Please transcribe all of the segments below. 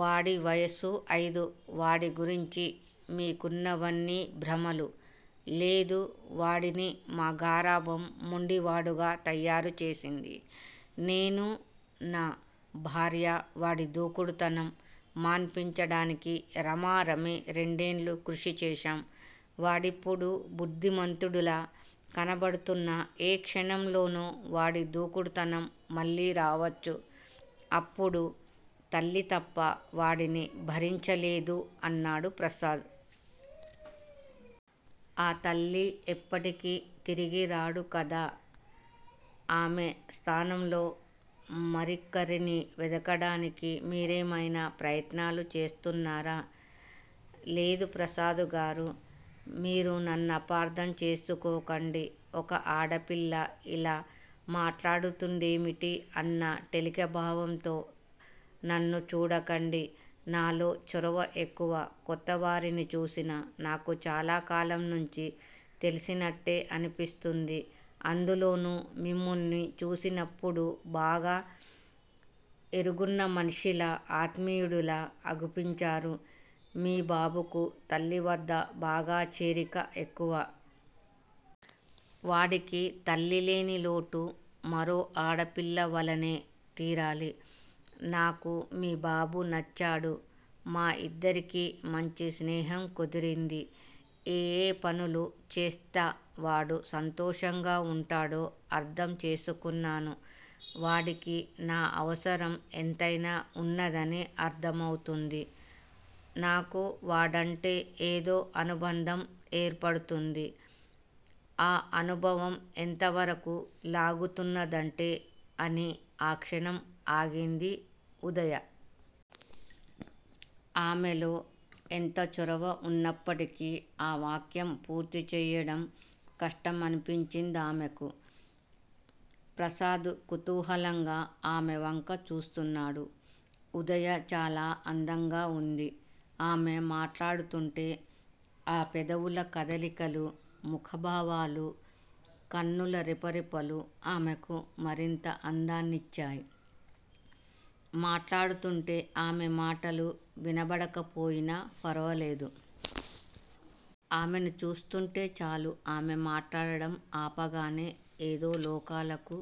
వాడి వయసు అయిదు వాడిగురించి మీకున్నవన్నీ భ్రమలు లేదు వాడిని మా గారాబం మొండివాడుగా తయారుచేసింది. నేను, న భార్య వాడి దుడుకుతనం మనిపించాడానికి రమారమి రెండేళ్ళు కృష్టి చేశాం వాడిప్పుడు బుద్ధిమంతుడిలా కనబడుతున్నా ఏ క్షణంలోనో వాడి దుడుకుతనం మళ్ళీరావచ్చు. అప్పుడు తల్లితప్ప వాడిని భరించలేదు అన్నాడు ప్రసాద్. ఆ తల్లి ఎప్పటికి తిరిగిరాడు కదా! ఆమె స్థానంలో మరికరిని వెదకడానికి మీరేమైనా ప్రయత్నాలు చేస్తున్నారా? లేదు ప్రసాదుగారూ మీరునన్నపార్దంచేసుకోకండి ఒక ఆడపిల్ల ఇలా మాట్లాడుతొందేమిటీ అన్న టెలికభావంతో నన్ను చూడకండి. నాలో చొరవ ఎక్కువ కొత్తవారిని చూసినా నాకు చాలాకాలంనుంచి తెలిసినట్లే అనిపిస్తుంది. అందులోనూ మిమ్మల్ని చూసినప్పుడు బాగా ఎరుగున్నమనిషిలా అత్మీయుడిలా అగుపించారు మీ బాబుకు తల్లివద్ద బాగాచేరిక ఎక్కువ. వాడికి తల్లిలేనిలోటు మరోఆడపిల్లవల్లనే తీరాలి. నాకు మీ బాబు నచ్చాడు. మా ఇద్దరికీ మంచి స్నేహంకుదిరింది. ఏయే పనులు చేస్తే వాడు సంతోషంగా వుంటాడో అర్ధంచేసుకున్నను వాడికి నా అవసరం ఎంతైనా వున్నదని అర్ధమవుతోంది. నాకూ వాడంటే ఏదో అనుబంధం ఏర్పడుతోంది ఆ అనుభవం ఎంతవరకూ లాగుతున్నదంటే అని క్షణం ఆగింది ఉదయ. ఆమెలో ఎంత చొరవ వున్న ఎప్పటికీ ఆ వాక్యం పూర్తీచేయడం కష్టమనిపించిందామెకు. ప్రసాదు కుతూహలంగా ఆమెవంక చూస్తున్నాడు. ఉదయ చాలా అందంగావుంది. ఆమె మాట్లాడుతూంటే ఆ పెదవుల కదలికలు, ముఖాభావాలు, కన్నుల రెపరెపలు ఆమెకు మరింత అందాన్ని నిచ్చాయి. మాట్లాడుతూంటే ఆమె మాటలు వినబడకపోయినా ఫర్వాలేదు. ఆమెను చూస్తుంటే చాలు. ఆమె మాట్లాడడం ఆపగానే ఏదో లోకాలకు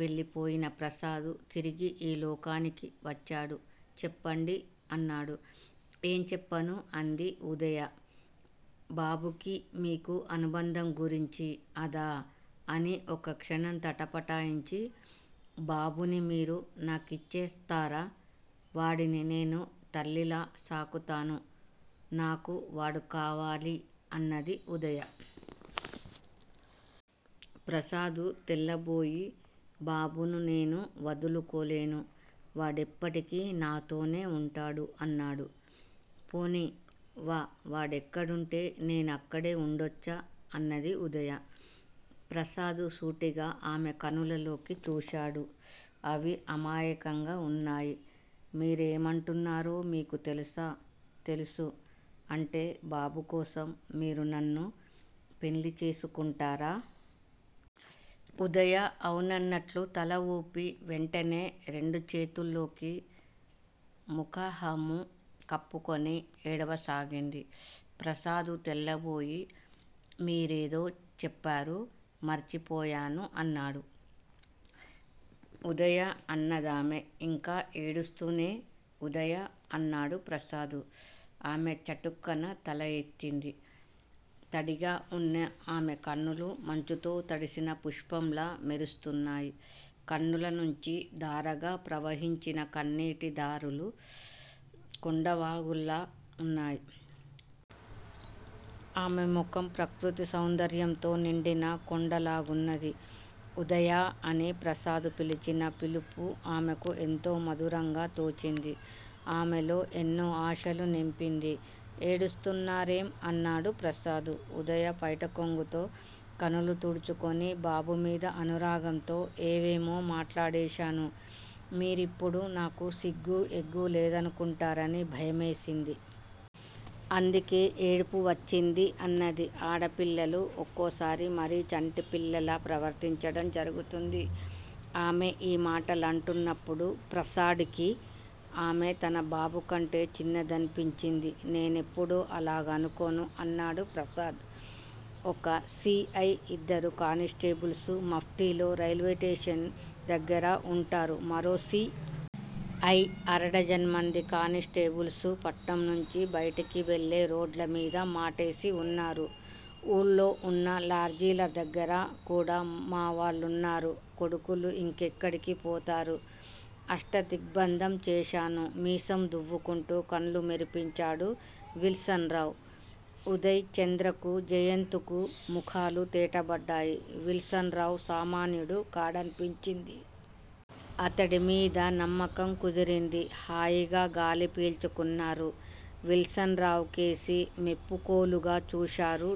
వెళ్ళిన ప్రసాదు తిరిగి ఈ లోకానికి వచ్చాడు చెప్పండి! అన్నాడు. ఏంచెప్పను? అంది ఉదయ. బాబుకీ మీకూ అనుబంధం గురించి అదా? అని క్షణం తటపటాయించి _ బాబుని మీరు నాకిచ్చస్తారా? వాడిని నేను తల్లిలా సాకుతాను నాకు వాడు కావాలి అన్నది ఉదయ. ప్రసాదు తెల్లబోయి __ బాబును నేను వదులుకోలేను. వాడేప్పటికి నాతోనే వుంటాడు అన్నాడు. పోనీ వావాడేక్కడుంటే నేనూ అక్కడే ఉండొచ్చా? అన్నది ఉదయ. ప్రసాదు సూటిగా ఆమె కనులలోకి చూశాడు. అవి అమాయకంగా ఉన్నాయి. మీరేమంటున్నారో మీకు తెలుసా? తెలుసు అంటే బాబుకోసం మీరు నన్ను పెళ్ళిచేసుకుంటారా? ఉదయ అవునన్నట్లు తలఊపి వెంటనే రెండుచేతుల్లోకి ముకహం కప్పుకుని ఏడ్వసాగింది. ప్రసాద్ తెల్లబోయి మీరేదో చెప్పారు. మరచిపోయాను అన్నాడు. ఉదయ అన్నదామె ఇంకా ఏడుస్తూనే ఉదయా! అన్నాడు ప్రసాదు. ఆమె చటుక్కున తలఎత్తింది. తడిగా ఉన్న ఆమెకనులు మంచుతో తడిసిన పుష్పాల్లా మెరుస్తున్నాయి. కనులనుంచి ధారగా ప్రవహించిన కన్నీటి దారులు కొండవాగుల్లా ఉన్నాయి. ఆమె ముఖం ప్రకృతి సౌందర్యంతో నిండిన కొండలాగున్నది. ఉదయా అని ప్రసాదు పిలిచినా పిలుపు ఆమెకు ఎంతో మధురంగా తోచింది. ఆమెలో ఎన్నో ఆశలునింపింది. ఏడుస్తున్నారేం? అన్నాడు ప్రసాదు. ఉదయ పైటకొంగుతో కనులుతుడుచుకుని బాబుమీద అనురాగంతో ఏవేమో మాట్లాడేశాను. మీరిప్పుడు నాకు సిగ్గూఎగ్గూ లేదనుకుంటారని భయమేసింది. అందుకే ఏడుపు వచ్చింది. అన్నది. ఆడపిల్లలు ఒకోసారి మరీ చంటి పిల్లల్లా ప్రవర్తించడం జరుగుతుంది. ఆమె ఈమాటలన్నప్పుడు ప్రసాడుకి ఆమె తన బాబుకంటే చిన్నదనిపించింది. నేనెప్పుడూ అలాగనుకొను అన్నాడు ప్రసాదు. ఒక సి. ఐ. ఇద్దరు కానిస్టేబుల్సూ, మాప్టీలో రైల్వేస్టేషన్ దగ్గిర వుంటారు. మరో సి. ఐ. అరడజనుమంది కానిస్టేబుల్సూ పట్నంనుంచి బయటికి వెళ్ళే రోడ్లమీద మాటేసివున్నారు. ఊళ్ళో వున్న లాడ్జీలదగ్గర కూడా మావాళ్ళున్నారు. కొడుకులు! ఇంకెక్కడికి పోతారు? అష్టదిగ్భంధం చేశాను. మీసం దువ్వుకుంటూ కళ్ళు మెరిపించాడు విల్సన్ రావు. ఉదయ్ చంద్రకూ, జయంత్ కూ ముఖాలు తేటబడ్డాయి. విల్సన్ రావు సామాన్యుడు కాడనిపించింది. అతడిమీద నమ్మకం కుదిరింది. హాయిగా గాలి పీల్చుకున్నారు. విల్సన్ రావుకేసి మెప్పుకోలుగా చూశారు. డియస్